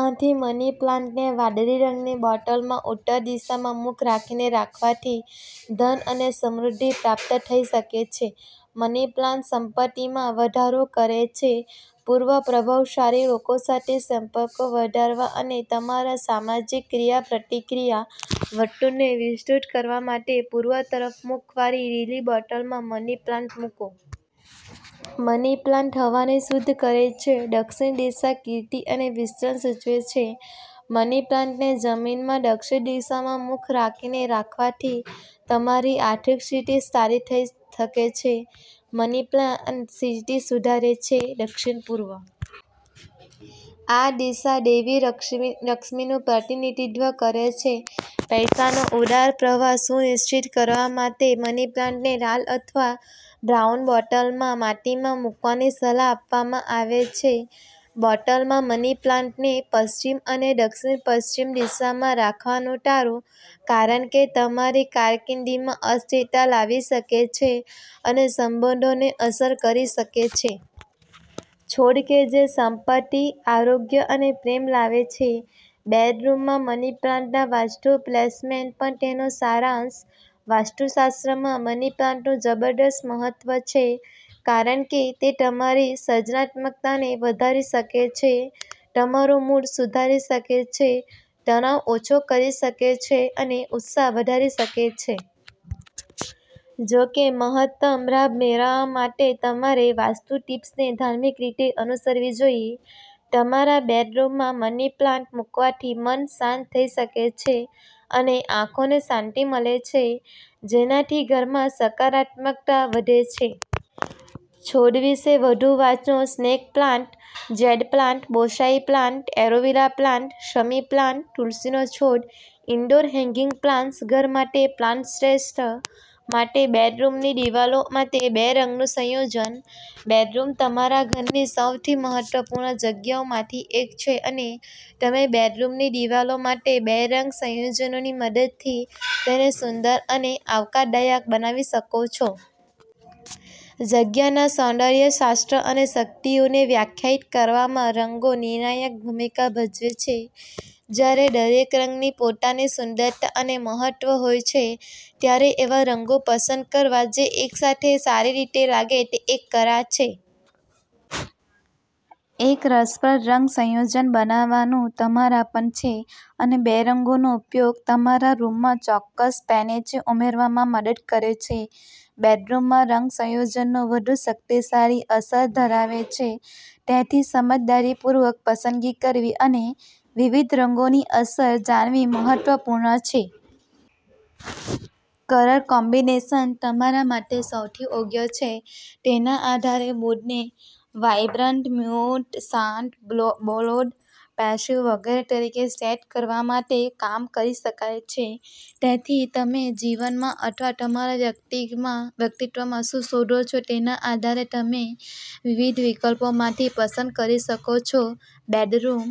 આથી મની પ્લાન્ટને વાદળી રંગની બોટલમાં ઉત્તર દિશામાં મુખ રાખીને રાખવાથી ધન અને સમૃદ્ધિ પ્રાપ્ત થઈ શકે છે. મની પ્લાન્ટ સંપત્તિમાં વધારો કરે છે .પૂર્વપ્રભાવશાળી લોકો સાથે સંપર્કો વધારવા અને તમારા સામાજિક ક્રિયાપ્રતિક્રિયા વર્તુળને વિસ્તૃત કરવા માટે પૂર્વ તરફ મુખવાળી લીલી બોટલમાં મની પ્લાન્ટ મૂકો. મની પ્લાન્ટ હવાને શુદ્ધ કરે છે. દક્ષિણ દિશા કીર્તિ અને વિસ્તરણ સૂચવે છે. મની પ્લાન્ટને જમીનમાં દક્ષિણ દિશામાં મુખ રાખીને રાખવાથી તમારી આર્થિક સ્થિતિ સારી થઈ શકે છે. મની પ્લાન્ટ સ્થિતિ સુધારે છે .દક્ષિણ-પૂર્વ આ દિશા દેવી લક્ષ્મીનું પ્રતિનિધિત્વ કરે છે. પૈસાનો ઉદાર પ્રવાહ સુનિશ્ચિત કરવા માટે મની પ્લાન્ટને લાલ અથવા બ્રાઉન બોટલમાં માટીમાં મૂકવાની સલાહ આપવામાં આવે છે. બોટલમાં મની પ્લાન્ટને પશ્ચિમ અને દક્ષિણ-પશ્ચિમ દિશામાં રાખવાનું ટાળો, કારણ કે તે તમારી કારકિર્દીમાં અસ્થિરતા લાવી શકે છે અને સંબંધોને અસર કરી શકે છે. છોડ કે જે સંપત્તિ, આરોગ્ય અને પ્રેમ લાવે છે .બેડરૂમમાં મની પ્લાન્ટના વાસ્તુ પ્લેસમેન્ટ પર તેનો સારાંશ, વાસ્તુશાસ્ત્રમાં મની પ્લાન્ટનું જબરદસ્ત મહત્વ છે, કારણ કે તે તમારી સર્જનાત્મકતાને વધારી શકે છે, તમારો મૂડ સુધારી શકે છે, તણાવ ઓછો કરી શકે છે અને ઉત્સાહ વધારી શકે છે. જો કે, મહત્તમ લાભ મેળવવા માટે તમારે વાસ્તુ ટીપ્સને ધાર્મિક રીતે અનુસરવી જોઈએ. તમારા બેડરૂમમાં મની પ્લાન્ટ મૂકવાથી મન શાંત થઈ શકે છે અને આંખોને શાંતી મળે છે, જેનાથી ઘરમાં સકારાત્મકતા વધે છે. છોડ વિશે વધુ વાંચો snake plant, jade plant ,bonsai plant, aloe vera plant, શમી પ્લાન્ટ ,તુલસીનો છોડ ,ઇન્ડોર હેંગિંગ પ્લાન્ટ્સ ઘર માટે પ્લાન્ટ શ્રેષ્ઠ. માટે બેડરૂમની દિવાલો માટે બે રંગનું સંયોજન, બેડરૂમતમારા ઘરની સૌથી મહત્વપૂર્ણ જગ્યાઓમાંથી એક છે અને તમે બેડરૂમની દિવાલો માટે બે રંગ સંયોજનોની મદદથી તેને સુંદર અને આવકારદાયક બનાવી શકો છો. જગ્યાના સૌંદર્ય શાસ્ત્ર અને શક્તિઓને વ્યાખ્યાયિત કરવામાં રંગો નિર્ણાયક ભૂમિકા ભજવે છે. જ્યારે દરેક રંગની પોતાની સુંદરતા અને મહત્વ હોય છે, ત્યારે એવા રંગો પસંદ કરવા જે એકસાથે સારી રીતે લાગે તે એક કળા છે. એક રસપ્રદ રંગ સંયોજન બનાવવાનું તમારા પર છે, અને બે રંગોનો ઉપયોગ તમારા રૂમમાં ચોક્કસ પેનેચે ઉમેરવામાં મદદ કરે છે. બેડરૂમમાં રંગ સંયોજનો વધુ શક્તિશાળી અસર ધરાવે છે, તેથી સમજદારીપૂર્વક પસંદગી કરવી અને વિવિધ રંગોની અસર જાણવી મહત્વપૂર્ણ છે. કલર કોમ્બિનેશન તમારા માટે સૌથી યોગ્ય છે તેના આધારે મૂડને વાઇબ્રન્ટ, મ્યૂટ, શાંત, બોલ્ડ, પેસિવ વગેરે તરીકે સેટ કરવા માટે કામ કરી શકાય છે. તેથી, તમે જીવનમાં અથવા તમારા વ્યક્તિત્વમાં શું શોધો છો તેના આધારે, તમે વિવિધ વિકલ્પોમાંથી પસંદ કરી શકો છો. બેડરૂમ